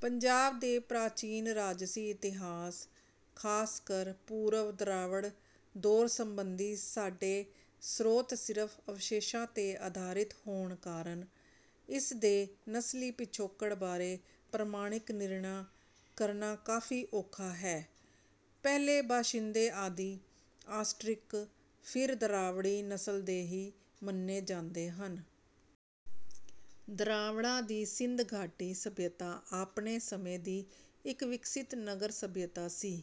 ਪੰਜਾਬ ਦੇ ਪ੍ਰਾਚੀਨ ਰਾਜਸੀ ਇਤਿਹਾਸ, ਖਾਸਕਰ ਪੂਰਵ-ਦਰਾਵੜ ਦੌਰ ਸੰਬੰਧੀ ਸਾਡੇ ਸ੍ਰੋਤ ਸਿਰਫ ਅਵਸ਼ੇਸ਼ਾਂ ਤੇ ਆਧਾਰਿਤ ਹੋਣ ਕਾਰਨ, ਇਸਦੇ ਨਸਲੀ ਪਿਛੋਕੜ ਬਾਰੇ ਪ੍ਰਮਾਣਿਕ ਨਿਰਣਾ ਕਰਨਾ ਕਾਫ਼ੀ ਔਖਾ ਹੈ। ਪਹਿਲੇ ਬਾਸ਼ਿੰਦੇ ਆਦਿ, ਆਸਟਰਿਕ, ਫਿਰ ਦਰਾਵੜੀ ਨਸਲ ਦੇ ਹੀ ਮੰਨੇ ਜਾਂਦੇ ਹਨ। ਦਰਾਵੜਾਂ ਦੀ ਸਿੰਧ ਘਾਟੀ ਸਭਿਅਤਾ ਆਪਣੇ ਸਮੇਂ ਦੀ ਇੱਕ ਵਿਕਸਿਤ ਨਗਰ ਸਭਿਅਤਾ ਸੀ।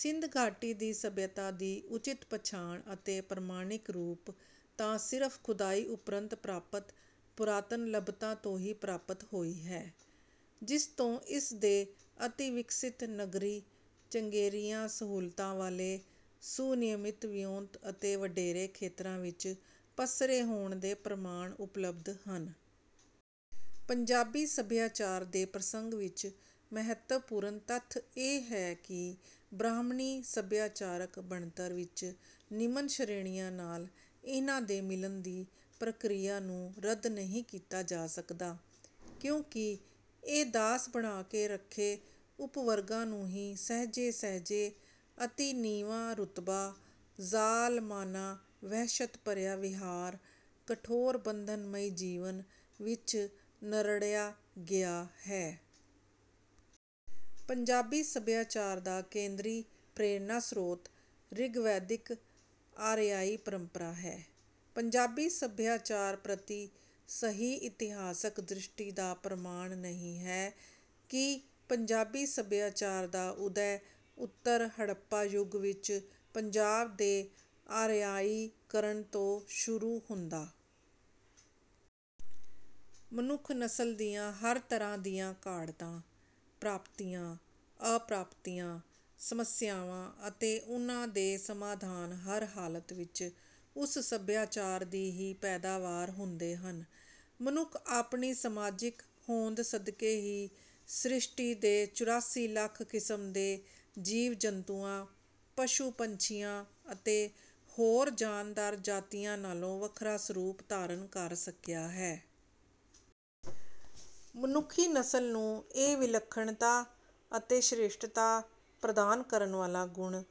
ਸਿੰਧ ਘਾਟੀ ਦੀ ਸਭਿਅਤਾ ਦੀ ਉਚਿਤ ਪਛਾਣ ਅਤੇ ਪ੍ਰਮਾਣਿਕ ਰੂਪ ਤਾਂ ਸਿਰਫ ਖੁਦਾਈ ਉਪਰੰਤ ਪ੍ਰਾਪਤ ਪੁਰਾਤਨ ਲੱਭਤਾਂ ਤੋਂ ਹੀ ਪ੍ਰਾਪਤ ਹੋਈ ਹੈ, ਜਿਸਤੋਂ ਇਸਦੇ ਅਤਿ-ਵਿਕਸਿਤ ਨਗਰੀ, ਚੰਗੇਰੀਆਂ ਸਹੂਲਤਾਂ ਵਾਲੇ, ਸੁਨਿਯਮਿਤ ਵਿਉਂਤ ਅਤੇ ਵਡੇਰੇ ਖੇਤਰਾਂ ਵਿੱਚ ਪਸਰੇ ਹੋਣ ਦੇ ਪ੍ਰਮਾਣ ਉਪਲਬਧ ਹਨ। ਪੰਜਾਬੀ ਸਭਿਆਚਾਰ ਦੇ ਪ੍ਰਸੰਗ ਵਿੱਚ ਮਹੱਤਵਪੂਰਨ ਤੱਥ ਇਹ ਹੈ ਕਿ ਬ੍ਰਾਹਮਣੀ ਸਭਿਆਚਾਰਕ ਬਣਤਰ ਵਿੱਚ ਨਿਮਨ ਸ਼੍ਰੇਣੀਆਂ ਨਾਲ ਇਹਨਾਂ ਦੇ ਮਿਲਣ ਦੀ ਪ੍ਰਕਿਰਿਆ ਨੂੰ ਰੱਦ ਨਹੀਂ ਕੀਤਾ ਜਾ ਸਕਦਾ, ਕਿਉਂਕਿ ਇਹ ਦਾਸ ਬਣਾ ਕੇ ਰੱਖੇ ਉਪਵਰਗਾਂ ਨੂੰ ਹੀ ਸਹਿਜੇ-ਸਹਿਜੇ ਅਤਿ ਨੀਵਾਂ ਰੁਤਬਾ, ਜ਼ਾਲਮਾਨਾ ਵਹਿਸ਼ਤ ਭਰਿਆ ਵਿਹਾਰ, ਕਠੋਰ ਬੰਧਨਮਈ ਜੀਵਨ ਵਿੱਚ ਨਰੜਿਆ ਗਿਆ ਹੈ। ਪੰਜਾਬੀ ਸਭਿਆਚਾਰ ਦਾ ਕੇਂਦਰੀ ਪ੍ਰੇਰਣਾ-ਸਰੋਤ ਰਿਗਵੈਦਿਕ ਆਰਿਆਈ ਪਰੰਪਰਾ ਹੈ। ਪੰਜਾਬੀ ਸਭਿਆਚਾਰ ਪ੍ਰਤੀ ਸਹੀ ਇਤਿਹਾਸਕ ਦ੍ਰਿਸ਼ਟੀ ਦਾ ਪ੍ਰਮਾਣ ਨਹੀਂ ਹੈ ਕਿ ਪੰਜਾਬੀ ਸਭਿਆਚਾਰ ਦਾ ਉਦੈ ਉੱਤਰ-ਹੜੱਪਾ ਯੁਗ ਵਿੱਚ ਪੰਜਾਬ ਦੇ ਆਰਿਆਈਕਰਣ ਤੋਂ ਸ਼ੁਰੂ ਹੁੰਦਾ। ਮਨੁੱਖ ਨਸਲ ਦੀਆਂ ਹਰ ਤਰ੍ਹਾਂ ਦੀਆਂ ਘਾੜਤਾਂ, ਪ੍ਰਾਪਤੀਆਂ, ਅਪ੍ਰਾਪਤੀਆਂ, ਸਮੱਸਿਆਵਾਂ ਅਤੇ ਉਨ੍ਹਾਂ ਦੇ ਸਮਾਧਾਨ ਹਰ ਹਾਲਤ ਵਿੱਚ ਉਸ ਸਭਿਆਚਾਰ ਦੀ ਹੀ ਪੈਦਾਵਾਰ ਹੁੰਦੇ ਹਨ। ਮਨੁੱਖ ਆਪਣੀ ਸਮਾਜਿਕ ਹੋਂਦ ਸਦਕੇ ਹੀ ਸ੍ਰਿਸ਼ਟੀ ਦੇ ਚੁਰਾਸੀ ਲੱਖ ਕਿਸਮ ਦੇ ਜੀਵ-ਜੰਤੂਆਂ, ਪਸ਼ੂ-ਪੰਛੀਆਂ ਅਤੇ ਹੋਰ ਜਾਨਦਾਰ ਜਾਤੀਆਂ ਨਾਲੋਂ ਵੱਖਰਾ ਸਰੂਪ ਧਾਰਨ ਕਰ ਸਕਿਆ ਹੈ। ਮਨੁੱਖੀ ਨਸਲ ਨੂੰ ਇਹ 'ਵਿਲੱਖਣਤਾ' ਅਤੇ 'ਸ਼੍ਰੇਸ਼ਟਤਾ' ਪ੍ਰਦਾਨ ਕਰਨ ਵਾਲਾ ਗੁਣ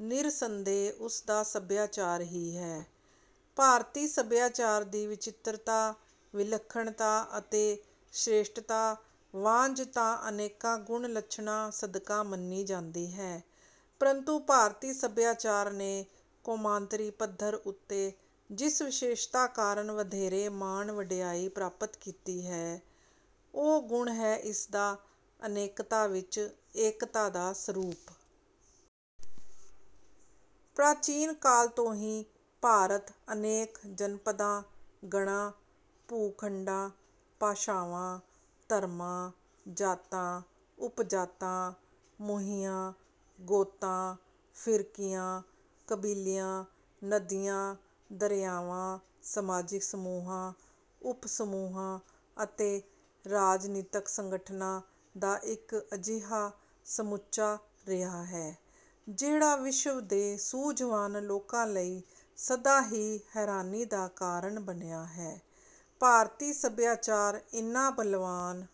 ਨਿਰਸੰਦੇਹ ਉਸਦਾ ਸਭਿਆਚਾਰ ਹੀ ਹੈ। ਭਾਰਤੀ ਸਭਿਆਚਾਰ ਦੀ 'ਵਿਚਿੱਤਰਤਾ', 'ਵਿਲੱਖਣਤਾ' ਅਤੇ 'ਸ਼੍ਰੇਸ਼ਟਤਾ' ਵਾਂਜ ਤਾਂ ਅਨੇਕਾਂ ਗੁਣ-ਲੱਛਣਾਂ ਸਦਕਾ ਮੰਨੀ ਜਾਂਦੀ ਹੈ, ਪਰੰਤੂ ਭਾਰਤੀ ਸਭਿਆਚਾਰ ਨੇ ਕੌਮਾਂਤਰੀ ਪੱਧਰ ਉੱਤੇ ਜਿਸ ਵਿਸ਼ੇਸ਼ਤਾ ਕਾਰਨ ਵਧੇਰੇ ਮਾਣ-ਵਡਿਆਈ ਪ੍ਰਾਪਤ ਕੀਤੀ ਹੈ, ਉਹ ਗੁਣ ਹੈ ਇਸਦਾ 'ਅਨੇਕਤਾ' ਵਿੱਚ 'ਏਕਤਾ' ਦਾ ਸਰੂਪ। ਪ੍ਰਾਚੀਨ ਕਾਲ ਤੋਂ ਹੀ ਭਾਰਤ ਅਨੇਕ 'ਜਨਪਦਾਂ', ਗਣਾਂ, ਭੂ-ਖੰਡਾਂ, ਭਾਸ਼ਾਵਾਂ, ਧਰਮਾਂ, ਜਾਤਾਂ, ਉਪਜਾਤਾਂ, ਮੂੰਹੀਆਂ, ਗੋਤਾਂ, ਫ਼ਿਰਕਿਆਂ, ਕਬੀਲਿਆਂ, ਨਦੀਆਂ, ਦਰਿਆਵਾਂ, ਸਮਾਜਿਕ ਸਮੂਹਾਂ, ਉਪ-ਸਮੂਹਾਂ ਅਤੇ ਰਾਜਨੀਤਕ ਸੰਗਠਨਾਂ ਦਾ ਇੱਕ ਅਜਿਹਾ ਸਮੁੱਚਾ ਰਿਹਾ ਹੈ, ਜਿਹੜਾ ਵਿਸ਼ਵ ਦੇ ਸੂਝਵਾਨ ਲੋਕਾਂ ਲਈ ਸਦਾ ਹੀ ਹੈਰਾਨੀ ਦਾ ਕਾਰਨ ਬਣਿਆ ਹੈ। ਭਾਰਤੀ ਸਭਿਆਚਾਰ ਇੰਨਾ ਬਲਵਾਨ